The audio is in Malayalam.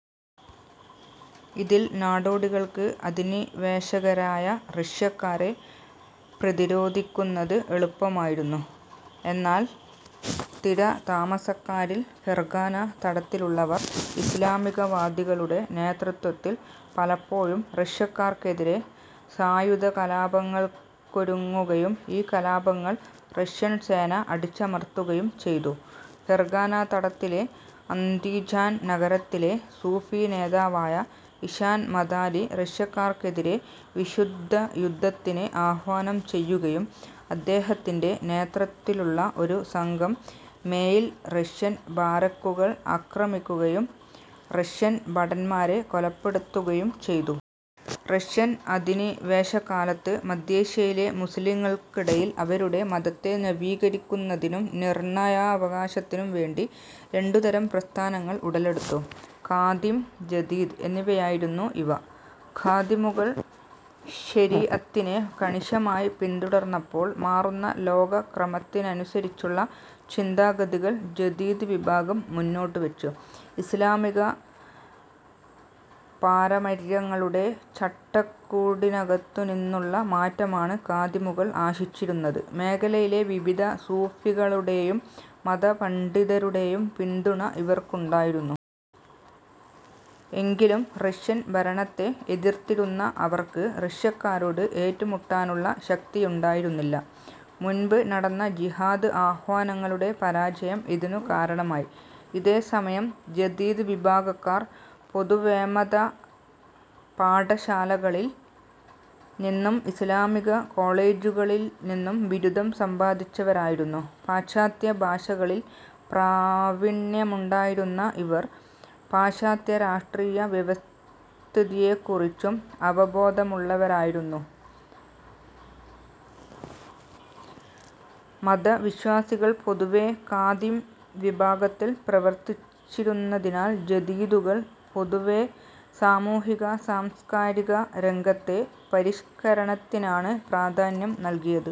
ഇതിൽ നാടോടികൾക്ക് അധിനിവേശകരായ റഷ്യക്കാരെ പ്രതിരോധിക്കുന്നത് എളുപ്പമായിരുന്നു. എന്നാൽ സ്ഥിരതാമസക്കാരിൽ ഫെർഗാന തടത്തിലുള്ളവർ ഇസ്ലാമികവാദികളുടെ നേതൃത്വത്തിൽ പലപ്പോഴും റഷ്യക്കാർക്കെതിരെ സായുധകലാപങ്ങൾക്കൊരുങ്ങുകയും ഈ കലാപങ്ങൾ റഷ്യൻ സേന അടിച്ചമർത്തുകയും ചെയ്തു. ഫെർഗാന തടത്തിലെ അന്ദിജാൻ നഗരത്തിലെ സൂഫി നേതാവായ ഇശാൻ മദാലി റഷ്യക്കാർക്കെതിരെ വിശുദ്ധയുദ്ധത്തിന് ആഹ്വാനം ചെയ്യുകയും അദ്ദേഹത്തിന്റെ നേതൃത്വത്തിലുള്ള ഒരു സംഘം മേയിൽ റഷ്യൻ ബാരക്കുകൾ ആക്രമിക്കുകയും റഷ്യൻ ഭടന്മാരെ കൊലപ്പെടുത്തുകയും ചെയ്തു. റഷ്യൻ അധിനിവേശകാലത്ത് മദ്ധ്യേഷ്യയിലെ മുസ്ലീങ്ങൾക്കിടയിൽ അവരുടെ മതത്തെ നവീകരിക്കുന്നതിനും നിർണയാവകാശത്തിനും വേണ്ടി രണ്ടുതരം പ്രസ്ഥാനങ്ങൾ ഉടലെടുത്തു. ഖാദിം, ജദീദ് എന്നിവയായിരുന്നു ഇവ. ഖാദിമുകൾ ശരി അത്തിനെ കണിശമായി പിന്തുടർന്നപ്പോൾ മാറുന്ന ലോകക്രമത്തിനുസരിച്ചുള്ള ചിന്താഗതികൾ ജദീദ് വിഭാഗം മുന്നോട്ടുവച്ചു. ഇസ്ലാമികപാരമര്യങ്ങളുടെ ചട്ടക്കൂടിനകത്തുനിന്നുള്ള മാറ്റമാണ് ഖാദിമുകൾ ആശിച്ചിരുന്നത്. മേഖലയിലെ വിവിധ സൂഫികളുടേയും മതപണ്ഡിതരുടേയും പിന്തുണ ഇവർക്കുണ്ടായിരുന്നു. എങ്കിലും റഷ്യൻ ഭരണത്തെ എതിർത്തിരുന്ന അവർക്ക് റഷ്യക്കാരോട് ഏറ്റുമുട്ടാനുള്ള ശക്തിയുണ്ടായിരുന്നില്ല. മുൻപ് നടന്ന ജിഹാദ് ആഹ്വാനങ്ങളുടെ പരാജയം ഇതിനു കാരണമായി. ഇതേ സമയം ജദീദ് വിഭാഗക്കാർ പൊതുവേമതപാഠശാലകളിൽ നിന്നും ഇസ്ലാമികകോളേജുകളിൽ നിന്നും ബിരുദം സമ്പാദിച്ചവരായിരുന്നു. പാശ്ചാത്യഭാഷകളിൽ പ്രാവിണ്യമുണ്ടായിരുന്ന ഇവർ, പാശാത്യരാഷ്ട്രീയവ്യവസ്ഥിയെക്കുറിച്ചും അവബോധമുള്ളവരായിരുന്നു. മതവിശ്വാസികൾ പൊതുവേ ഖാദിം വിഭാഗത്തിൽ പ്രവർത്തിച്ചിരുന്നതിനാൽ ജദീദുകൾ പൊതുവേസാമൂഹിക-സാംസ്കാരികരംഗത്തെ പരിഷ്കരണത്തിനാണ് പ്രാധാന്യം നൽകിയത്.